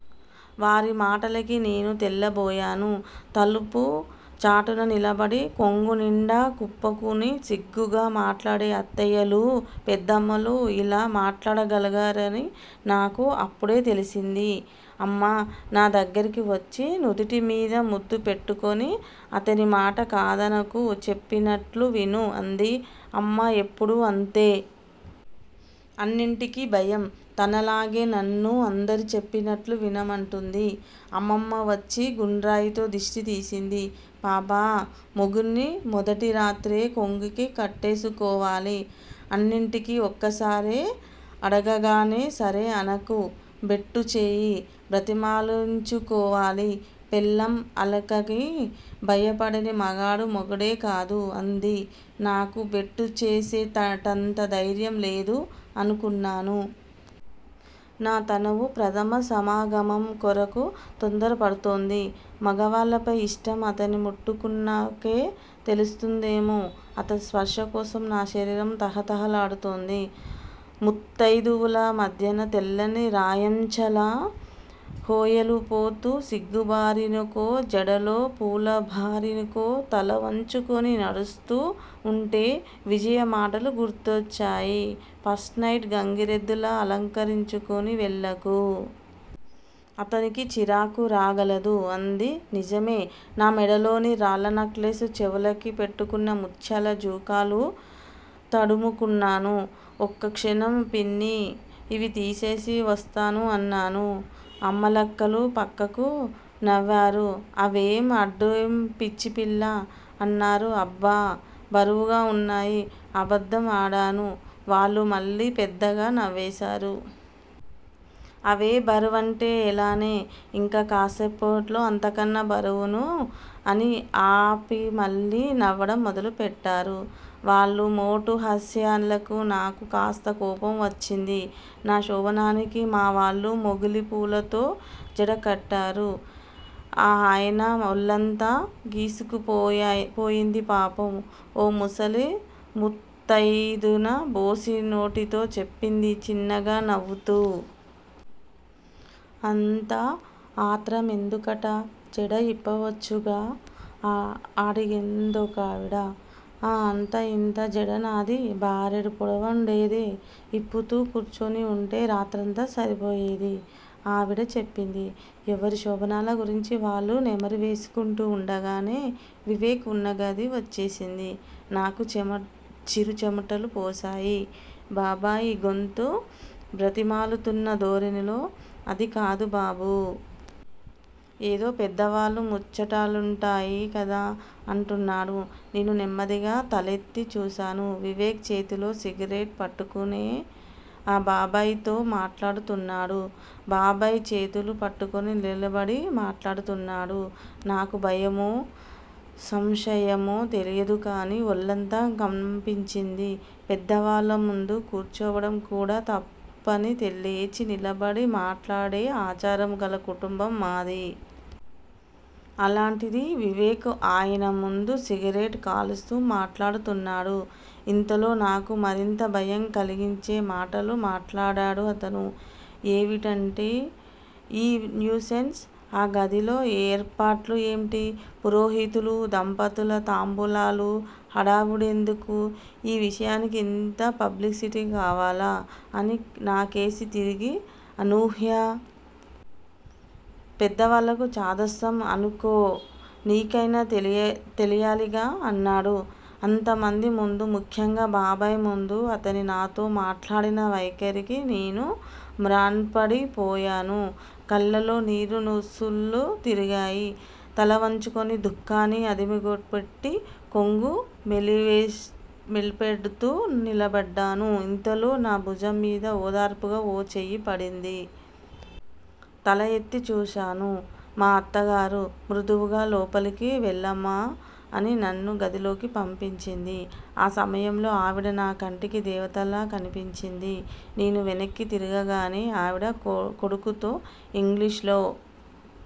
వారి మాటలకి నేను తెల్లబోయాను. తలుపు చాటున నిలబడి, కొంగునిండా కప్పుకుని సిగ్గుగా మాట్లాడే అత్తయ్యలూ, పెద్దమ్మలూ ఇలా మాట్లాడగలరని నాకు అప్పడే తెలిసింది. అమ్మ నా దగ్గరికి వచ్చి నుదుటిమీద ముద్దు పెట్టుకుని అతనిమాట కాదనకు చెప్పినట్లు విను అంది. అమ్మ ఎప్పడూ అంతే. అన్నింటికి భయం. తనలాగే నన్నూ అందరు చెప్పినట్లు వినమంటుంది. అమ్మమ్మ వచ్చి గుండ్రాయితో దిష్టి తీసింది. పాపా! మొగుడ్ని మొదటిరాత్రే కొంగుకి కట్టేసుకోవాలి. అన్నింటికి ఒక్క సారే అడగగానే సరే అనకు! బెట్టుచేయి బ్రతిమాలించుకోవాలి. పెళ్ళాం అలకకి భయపడని మగాడు మొగుడే కాదు! అంది. 'నాకు బెట్టుచేసేటంత దైర్యం లేదు' అనుకున్నాను. నా తనువు ప్రథమ సమాగమంకొరకు తొందరపడుతోంది. మగవాళ్లపై ఇష్టం అతను ముట్టుకున్నకే తెలుస్తుందేమో! అతని స్పర్శకోసం నా శరీరం తహతహలాడుతోంది. ముత్తయిదువల మధ్యన తెల్లని రాయంచలా హోయలుపోతూ సిగ్గు బారానికో, జడలో పూల భారనికో తల వంచుకుని నడుస్తూ వుంటే విజయ మాటలు గుర్తొచ్చాయి. 'ఫస్ట్ నైట్ గంగిరెద్దులా అలకరించుకుని వెళ్ళకు! అతనికి చిరాకు రాగలదు' అంది. నిజమే! నా మెడలోని రాళ్ళ నెక్లెసు చెవులకి పెట్టుకున్న ముత్యాల జూకాలూ తడుముకున్నాను. ఒక్కక్షణం పిన్ని! ఇవి తీసేసి వస్తాను అన్నాను. అమ్మలక్కలు పక్కుకు నవ్వారు. అవేం అడ్డమే పిచ్చిపిల్లా? అన్నారు. అబ్బ! బరువుగా వున్నాయి అబద్దం ఆడాను. వాళ్ళు మళ్ళీ పెద్దగా నవ్వేశారు. అవేబరువంటే ఎలానే? ఇంక కాసేపట్లో అంతకన్నా బరువును అని ఆపిమళ్ళీ నవ్వడం మొదలు పెట్టారు. వాళ్ళ మోటు హాస్యాలకు నాకు కాస్త కోపం వచ్చింది. నా శోభనానికి మావాళ్ళు మొగలిపూలతో జడకట్టారు. మా ఆయన ఒళ్ళంతా గీసుకుపోయింది పాపం! ఓ ముసలి ముత్తయిదున బోసినోటితో చెప్పింది చిన్నగా నవ్వుతూ. అంత ఆత్రమెందుకటా? జడ ఇప్పచ్చుగా? అడిగిందొకావిడ. ఆ అంతా ఇంతా జడ నాది? బారెడు పొడవుండేది ఇప్పుతూ కూర్చునివుంటే రాత్రంతా సరిపోయేది! ఆవిడ చెప్పింది. ఎవరి శోభనాల గురించి వాళ్ళు నెమరు వేసుకుంటూ వుండగానే, వివేక్ వున్న గది వచ్చేసింది. నాకు చిరుచెమటలు పోశాయి. బాబాయ్ గొంతు బ్రతిమాలుతున్న ధోరణిలో అదికాదు బాబూ! ఏదో పెద్దవాళ్ళ ముచ్చటలుంటాయి కదా! అంటున్నాడు. నేను నెమ్మదిగా తలెత్తి చూశాను. వివేక్ చేతిలో సిగరెట్ పట్టుకునే, ఆ బాబాయ్ తో మాట్లాడుతున్నాడు. బాబాయ్ చేతులు కట్టుకుని నిలబడి మాట్లాడుతున్నాడు. నాకు భయమో, సంశయమో తెలీదుకానీ ఒళ్ళంతా కంపించింది పెద్దవాళ్ళ ముందు కూర్చోవడంకూడా తప్పని లేచి నిలబడి మాట్లాడే ఆచారం కళ కుటుంబం మాది! అలాంటిది వివేక్ ఆయనముందు సిగరెట్ కాలుస్తూ మాట్లాడుతున్నాడు! ఇంతలో నాకు మరింత భయం కలిగించే మాటలు మాట్లాడాడు అతను. ఏవిటండి ఈ న్యూసెన్స్? ఆ గదిలో ఆ ఏర్పాట్లు ఏమిటి? పురోహితులూ, దంపత తాంబూలాలూ, హడావిడి ఎందుకూ? ఈ విషయానికి ఇంత పబ్లిసిటి కావాలా? అని నాకేసి తిరిగి- అనూహ్యా! పెద్దవాళ్ళకు చాదస్తం అనుకో నీకైనా తెలియాలిగా! అన్నాడు. అంతమంది ముందు, ముఖ్యంగా బాబాయ్ ముందు అతను నాతో మాట్లాడిన వైఖరికి నేను మ్రాన్పడి పోయాను. కళ్ళల్లో నీరు సుళ్లు తిరిగాయి. తలవంచుకుని దుఃఖాన్ని అదిమిపెట్టి, కొంగు మెలిపెడ్తూ నిలబడ్డాను. ఇంతలో నా భుజంమీద ఓదార్పుగా ఓ చెయ్యి పడింది. తల ఎత్తి చూశాను. మా అత్తగారు మృదువుగా లోపలికి వెళ్ళమా అని నన్ను గదిలోకి పంపించింది. ఆ సమయంలో ఆవిడ నా కంటికి దేవతలా కనిపించింది. నేను వెనక్కి తిరగగానే ఆవిడ కొడుకుతో ఇంగ్లీషులో-